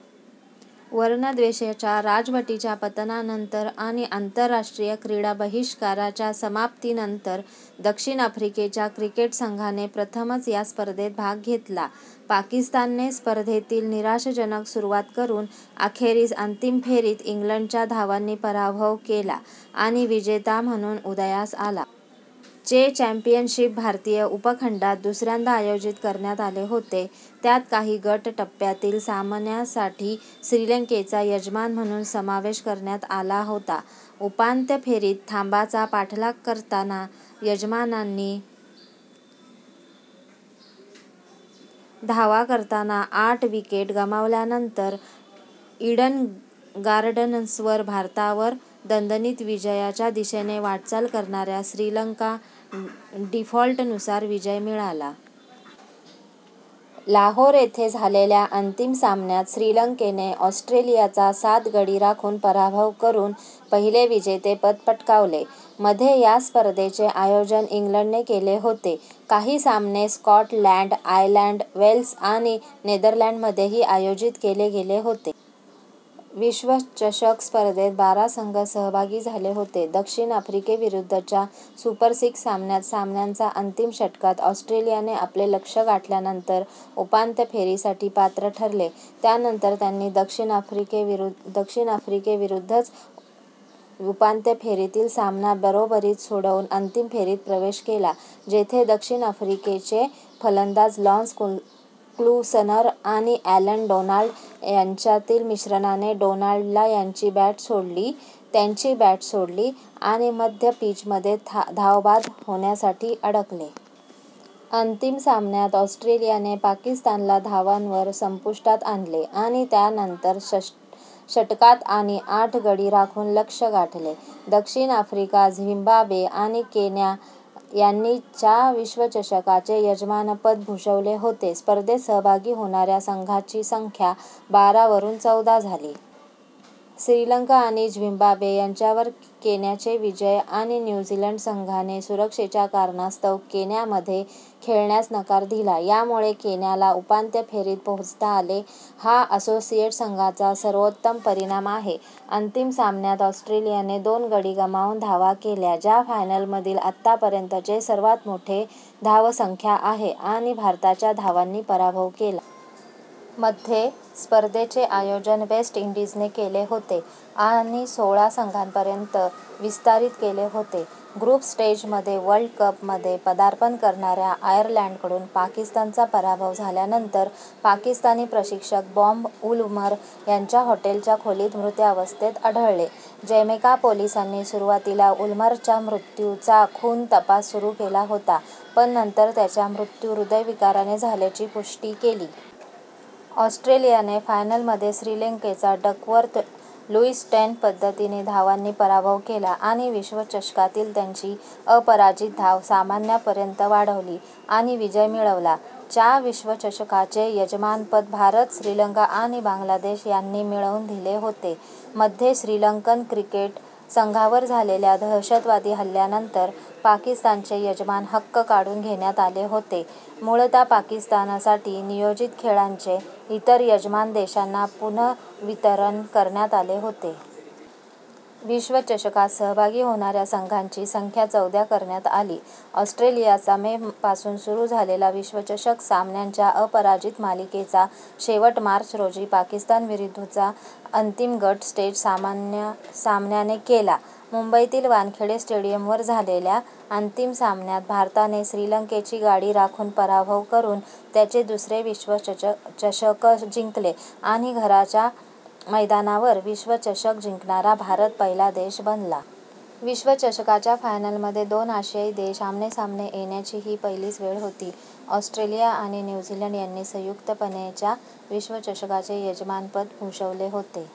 वर्णद्वेषाच्या राजवटीच्या पतनानंतर आणि आंतरराष्ट्रीय क्रीडा बहिष्काराच्या समाप्तीनंतर दक्षिण आफ्रिकेच्या क्रिकेट संघाने प्रथमच या स्पर्धेत भाग घेतला. पाकिस्तानने स्पर्धेतील निराशाजनक सुरुवात करून अखेरीस अंतिम फेरीत इंग्लंडचा धावांनी पराभव केला आणि विजेता म्हणून उदयास आला. चे चॅम्पियनशिप भारतीय उपखंडात दुसऱ्यांदा आयोजित करण्यात आले होते, त्यात काही गट टप्प्यातील सामन्यांसाठी श्रीलंकेचा यजमान म्हणून समावेश करण्यात आला होता. उपांत्य फेरीत, धावांचा पाठलाग करताना यजमानांनी धावा करताना आठ विकेट गमावल्यानंतर, ईडन गार्डन्सवर भारतावर दणदणीत विजयाच्या दिशेने वाटचाल करणाऱ्या श्रीलंकेला डीफॉल्टनुसार विजय मिळाला. लाहोर येथे झालेल्या अंतिम सामन्यात श्रीलंकेने ऑस्ट्रेलियाचा सात गडी राखून पराभव करून पहिले विजेतेपद पटकावले. मध्ये, या स्पर्धेचे आयोजन इंग्लंडने केले होते, काही सामने स्कॉटलंड, आयर्लंड, वेल्स आणि नेदरलँडमध्येही आयोजित केले गेले होते. विश्वचषक स्पर्धेत बारा संघ सहभागी झाले होते. दक्षिण आफ्रिकेविरुद्धच्या सुपर सिक्स सामन्यात सामन्याच्या अंतिम षटकात ऑस्ट्रेलियाने आपले लक्ष्य गाठल्यानंतर उपांत्य फेरीसाठी पात्र ठरले. त्यानंतर त्यांनी दक्षिण आफ्रिकेविरुद्धच्या उपांत्य फेरीतील सामना बरोबरीत सोडवून अंतिम फेरीत प्रवेश केला जेथे दक्षिण आफ्रिकेचे फलंदाज लान्स क्लुसनर आणि ॲलन डोनाल्ड यांच्यातील मिश्रणाने डोनाल्डला त्याची बॅट सोडली आणि मध्य-पिचमध्ये धावबाद होण्यासाठी अडकले. अंतिम सामन्यात ऑस्ट्रेलियाने पाकिस्तानला धावांवर संपुष्टात आणले आणि त्यानंतर षटकांत आणि आठ गडी राखून लक्ष्य गाठले. दक्षिण आफ्रिका, झिम्बाब्वे आणि केन्या यांनी च्या विश्वचषकाचे यजमानपद भूषवले होते. स्पर्धेत सहभागी होणाऱ्या संघांची संख्या बारा वरून चौदा झाली. श्रीलंका आणि झिम्बाब्वे यांच्यावर केन्याचे विजय – आणि न्यू झीलंड संघाने सुरक्षेच्या कारणास्तव केन्यामध्ये खेळण्यास नकार दिला – यामुळे केन्याला उपांत्य फेरीत पोहोचता आले, हा असोसिएट संघाचा सर्वोत्तम परिणाम आहे. अंतिम सामन्यात, ऑस्ट्रेलियाने दोन गडी गमावून धावा केल्या, जे फायनलमधील आतापर्यंतचे सर्वात मोठे धावसंख्या आहे आणि भारताचा धावांनी पराभव केला. मध्ये, स्पर्धेचे आयोजन वेस्ट इंडीजने केले होते आणि सोळा संघांपर्यंत विस्तारित केले होते. ग्रुप स्टेजमध्ये वर्ल्ड कपमध्ये पदार्पण करणाऱ्या आयर्लंडकडून पाकिस्तानचा पराभव झाल्यानंतर, पाकिस्तानी प्रशिक्षक बॉब वुलमर त्यांच्या हॉटेलच्या खोलीत मृतावस्थेत आढळले. जमैका पोलिसांनी सुरुवातीला वूल्मरच्या मृत्यूचा खून तपास सुरू केला होता पण नंतर त्याचा मृत्यू हृदयविकाराने झाल्याची पुष्टी केली. ऑस्ट्रेलियाने फायनलमध्ये श्रीलंकेचा डकवर्थ-लुईस-स्टर्न पद्धतीने धावांनी पराभव केला, आणि विश्वचषकातील त्यांची अपराजित धाव सामन्यांपर्यंत वाढवली आणि विजय मिळवला. च्या विश्वचषकाचे यजमानपद भारत, श्रीलंका आणि बांगलादेश यांनी मिळून दिले होते. मध्ये श्रीलंकन क्रिकेट संघावर झालेल्या दहशतवादी हल्ल्यानंतर पाकिस्तानचे यजमान हक्क काढून घेण्यात आले होते, मूळतः पाकिस्तानसाठी नियोजित खेळांचे इतर यजमान देशांना पुनर्वितरण करण्यात आले होते. विश्वचषकात सहभागी होणाऱ्या संघांची संख्या चौदा करण्यात आली. ऑस्ट्रेलियाचा मे पासून सुरू झालेल्या विश्वचषक सामन्यांच्या अपराजित मालिकेचा शेवट मार्च रोजी पाकिस्तानविरुद्धचा अंतिम गट स्टेज सामन्याने केला. मुंबईतील वानखेडे स्टेडियमवर झालेल्या अंतिम सामन्यात भारताने श्रीलंकेचा गडी राखून पराभव करून त्यांचे दुसरे विश्वचषक जिंकले आणि घरच्या मैदानावर विश्वचषक जिंकणारा भारत पहिला देश बनला. विश्वचषकाच्या फायनलमध्ये दोन आशियाई देश आमनेसामने येण्याची ही पहिलीच वेळ होती. ऑस्ट्रेलिया आणि न्यू झीलंड यांनी संयुक्तपणे च्या विश्वचषकाचे यजमानपद भूषवले होते.